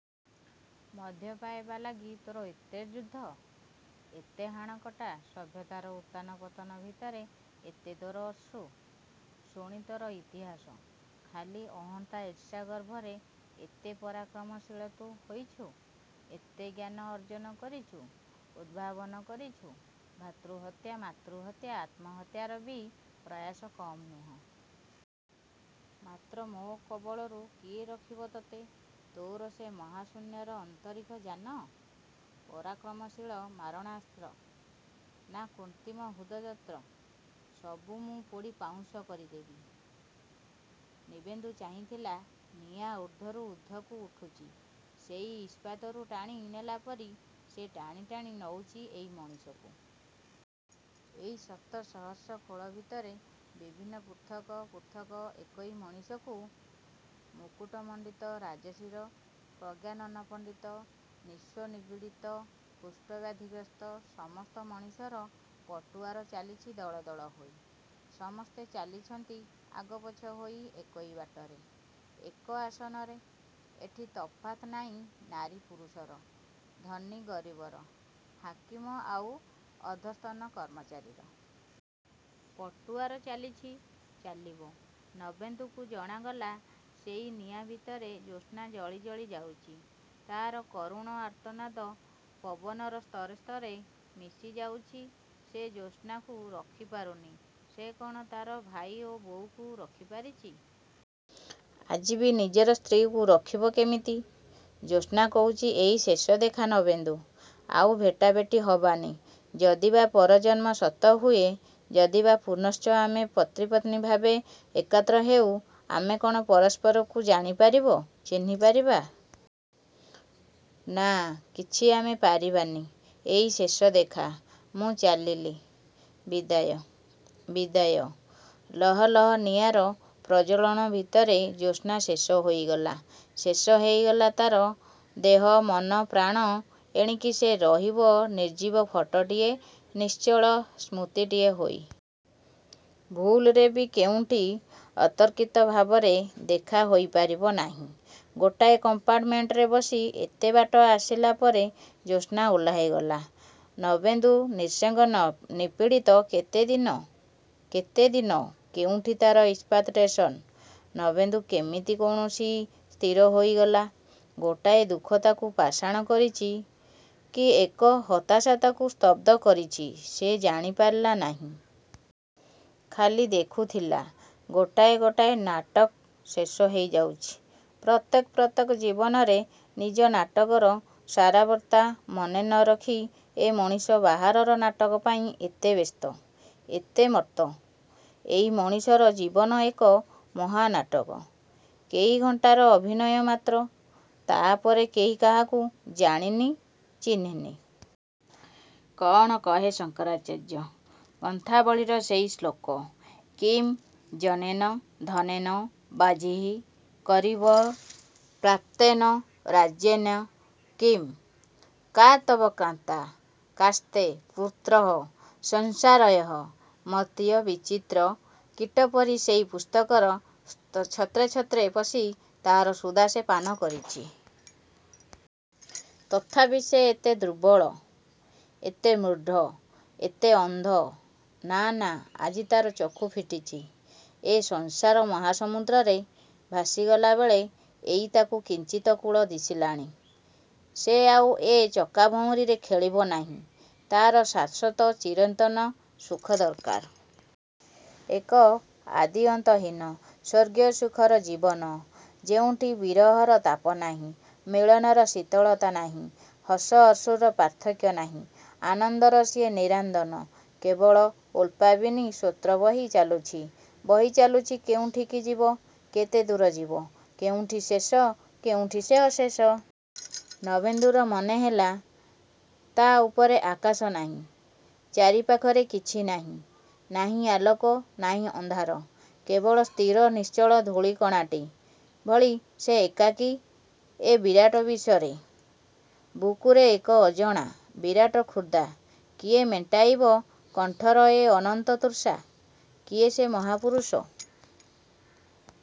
ମଧ୍ୟ ପାଇବା ଲାଗି ତୋର ଏତେ ଯୁଦ୍ଧ! ଏତେ ହାଣକଟା! ସଭ୍ୟତାର ଉତ୍ଥାନ ପତନ ଭିତରେ ଏତେ ତୋର ଅଶ୍ରୁ, ଶୋଣିତର ଇତିହାସ। ଖାଲି ଅହନ୍ତା ଈର୍ଷା ଗର୍ବରେ ଏତେ ପରାକ୍ରମଶୀଳ ତୁ ହୋଇଛୁ! ଏତେ ଜ୍ଞାନ ଅର୍ଜନ କରିଚୁ ଉଦ୍ଭାବନ କରିଚୁ। ଭାତୃହତ୍ୟା, ମାତୃହତ୍ୟା ଆତ୍ମହତ୍ୟାର ବି ପ୍ରୟାସ କମ ନୁହଁ। ମାତ୍ର ମୋ କବଳରୁ କିଏ ରଖିବ ତତେ? ତୋର ସେ ମହାଶୂନ୍ୟର ଅନ୍ତରୀକ୍ଷ ଯାନ? ପରାକ୍ରମଶୀଳ ମାରଣାସ୍ତ୍ର। ନାଁ, କୃତ୍ରିମ ହୃଦଯତ୍ର! ସବୁ ମୁଁ ପୋଡ଼ି ପାଉଁଶ କରିଦେବି। ନବେନ୍ଦୁ ଚାହିଁଥିଲା, ନିଆଁ ଊର୍ଦ୍ଧ୍ଵରୁ ଊର୍ଦ୍ଧ୍ଵକୁ ଉଠୁଚି ସେଇ ଇସ୍ପାତକୁ ଟାଣି ନେଲାପରି ସେ ଟାଣି ଟାଣି ନଉଚି ଏଇ ମଣିଷକୁ। ଏଇ ଶତ ସହସ୍ର ଖୋଳ ଭିତରେ ବିଭିନ୍ନ ପୃଥକ ପୃଥକ ଏକଇ ମଣିଷକୁ। ମୁକୁଟମଣ୍ଡିତ ରାଜଶିର, ପ୍ରଜ୍ଞାନନ ପଣ୍ଡିତ, ନିଃସ୍ୱ ନିପୀଡ଼ିତ, କୁଷ୍ଠବ୍ୟାଧିଗ୍ରସ୍ତ ସମସ୍ତ ମଣିଷର ପଟୁଆର ଚାଲିଚି ଦଳ ଦଳ ହୋଇ। ସମସ୍ତେ ଚାଲିଚନ୍ତି ଆଗପଛ ହୋଇ ଏକଇ ବାଟରେ। ଏକ ଆସନରେ। ଏଠି ତଫାତ୍ ନାହିଁ ନାରୀ ପୁରୁଷର, ଧନୀ ଗରିବର, ହାକିମ ଆଉ ଅଧସ୍ତନ କର୍ମଚାରୀର। ପଟୁଆର ଚାଲିଛି, ଚାଲିବ। ନବେନ୍ଦୁକୁ ଜଣାଗଲା, ସେଇ ନିଆଁ ଭିତରେ ଜ୍ୟୋସ୍ନା ଜଳି ଜଳି ଯାଉଚି। ତାର କରୁଣ ଆର୍ତ୍ତନାଦ ପବନର ସ୍ତରେ ସ୍ତରେ ମିଶି ମିଶି ଯାଉଚି, ସେ ଜ୍ୟୋସ୍ନାକୁ ରଖି ପାରୁନି। ସେ କଣ ତାର ଭାଇ ଓ ବୋଉକୁ ରଖି ପାରିଚି? ଆଜି ବି ନିଜର ସ୍ତ୍ରୀକୁ ରଖିବ କେମିତି? ଜ୍ୟୋସ୍ନା କହୁଚି, ଏଇ ଶେଷ ଦେଖା ନବେନ୍ଦୁ, ଆଉ ଭେଟାଭେଟି ହବାନି। ଯଦି ବା ପରଜନ୍ମ ସତ ହୁଏ; ଯଦିବା ପୁନଶ୍ଚ ଆମେ ପତିପତ୍ନୀ ଭାବେ ଏକାତ୍ର ହେଉ, ଆମେ କଣ ପରସ୍ପରକୁ ଜାଣିପାରିବ, ଚିହ୍ନି ପାରିବା? ନା କିଛି ଆମେ ପାରିବାନି। ଏଇ ଶେଷ ଦେଖା, ମୁଁ ଚାଲିଲି, ବିଦାୟ… ବିଦାୟ…? ଲହ ଲହ ନିଆଁର ପ୍ରଜ୍ଜ୍ୱଳଣ ଭିତରେ ଜ୍ୟୋସ୍ନା ଶେଷ ହୋଇଗଲା। ଶେଷ ହେଇଗଲା ତାର, ଦେହ, ମନ, ପ୍ରାଣ, ଏଣିକି ସେ ରହିବ ନିର୍ଜୀବ ଫଟଟିଏ, ନିଶ୍ଚଳ ସ୍ମୃତିଟିଏ ହୋଇ। ଭୁଲରେ ବି କେଉଁଠି ଅତର୍କିତ ଭାବରେ ଦେଖା ହୋଇ ପାରିବ ନାହିଁ। ଗୋଟାଏ କମ୍ପାର୍ଟମେଣ୍ଟରେ ବସି ଏତେ ବାଟ ଆସିଲା ପରେ ଜ୍ୟୋସ୍ନା ଓହ୍ଲେଇଗଲା। ନବେନ୍ଦୁ, ନିଃସଙ୍ଗ, ନିପୀଡ଼ିତ କେତେଦିନ, କେତେଦିନ? କେଉଁଠି ତାର ଇସ୍ପିତ ଷ୍ଟେସନ? ନବେନ୍ଦୁ କେମିତି କେଜାଣି ସ୍ଥିର ହୋଇଗଲା। ଗୋଟାଏ ଦୁଃଖ ତାକୁ ପାଷାଣ କରିଚି କି ଏକ ହତାଶା ତାକୁ ସ୍ତବ୍ଧ କରିଛି ସେ ଜାଣିପାରିଲା ନାହିଁ। ଖାଲି ଦେଖୁଥିଲା, ଗୋଟାଏ ଗୋଟାଏ ନାଟକ ଶେଷ ହେଇ ଯାଉଚି ପ୍ରତ୍ୟେହ ପ୍ରତ୍ୟେକ ଜୀବନରେ। ନିଜ ନାଟକର ସାରବତ୍ତା ମନେ ନ ରଖି ଏ ମଣିଷ ବାହାରର ନାଟକ ପାଇଁ ଏତେ ବ୍ୟସ୍ତ, ଏତେ ମତ୍ତ। ଏଇ ମଣିଷର ଜୀବନ, ଏକ ମହାନାଟକ। କେଇ ଘଣ୍ଟାର ଅଭିନୟ ମାତ୍ର: ତା' ପରେ କେହି କାହାକୁ ଜାଣିନି, ଚିହ୍ନିନି। କ'ଣ କହେ ଶଙ୍କରାଚାର୍ଯ୍ୟ ଗ୍ରନ୍ଥାବଳୀର ସେହି ଶ୍ଳୋକ "କିଂ ଜନେନ, ଧନେନ ବାଜିଃ କରିଭଃ, ପ୍ରାପ୍ତେନ ରାଜ୍ୟେନ କିଂ? " "କା ତବ କାନ୍ତା କାସ୍ତେ ପୁତ୍ରଃ ସଂସାରୋଽୟ ମତୀୟ ବିଚିତ୍ର-। " କୀଟ ପରି ସେହି ପୁସ୍ତକର ଛତ୍ରେ ଛତ୍ରେ ପଶି ତାର ସୁଧା ସେ ପାନ କରିଚି। ତଥାପି ସେ ଏତେ ଦୁର୍ବଳ, ଏତେ ମୂଢ଼, ଏତେ ଅନ୍ଧ! ନା, ନା, ଆଜି ତାର ଚକ୍ଷୁ ଫିଟିଚି। ଏ ସଂସାର ମହାସମୁଦ୍ରରେ, ଭାସିଗଲାବେଳେ ଏଇ ତାକୁ କିଞ୍ଚିତ କୂଳ ଦିଶିଲାଣି। ସେ ଆଉ ଏ ଚକାଭଉଁରିରେ ଖେଳିବ ନାହିଁ-। ତାର ଶାଶ୍ଵତ, ଚିରନ୍ତନ ସୁଖ ଦରକାର। ଏକ ଆଦିଅନ୍ତହୀନ ସ୍ୱର୍ଗୀୟ ସୁଖର ଜୀବନ। ଯେଉଁଠି ବିରହର ତାପ ନାହିଁ, ମିଳନର ଶୀତଳତା ନାହିଁ, ହସ ଅଶ୍ରୁର ପାର୍ଥକ୍ୟ ନାହିଁ! ଆନନ୍ଦର ଯିଏ ନିରାନ୍ଦନ। କେବଳ ଉତ୍ପ୍ଳାବିନୀ ସ୍ରୋତ ବହି ଚାଲୁଚି, ବହି ଚାଲୁଚି, କେଉଁଠିକି ଯିବ, କେତେଦୂର ଯିବ? କେଉଁଠି ଶେଷ, କେଉଁଠି ସେ ଅଶେଷ? ନବେନ୍ଦୁର ମନେହେଲା, ତା' ଉପରେ ଆକାଶ ନାହିଁ। ଚାରିପାଖରେ କିଛି ନାହିଁ। ନାହିଁ ଆଲୋକ, ନାହିଁ ଅନ୍ଧାର। କେବଳ ସ୍ଥିର ନିଶ୍ଚଳ ଧୂଳିକଣାଟି ଭଳି ସେ ଏକାକୀ ଏ ବିରାଟ ବିଶ୍ଵରେ-। ବୁକୁରେ ଏକ ଅଜଣା, ବିରାଟ କ୍ଷୁଧା–କିଏ ମେଣ୍ଟାଇବ କଣ୍ଠର ଏ ଅନନ୍ତ ତୃଷା। କି ସେ ମହାପୁରୁଷ?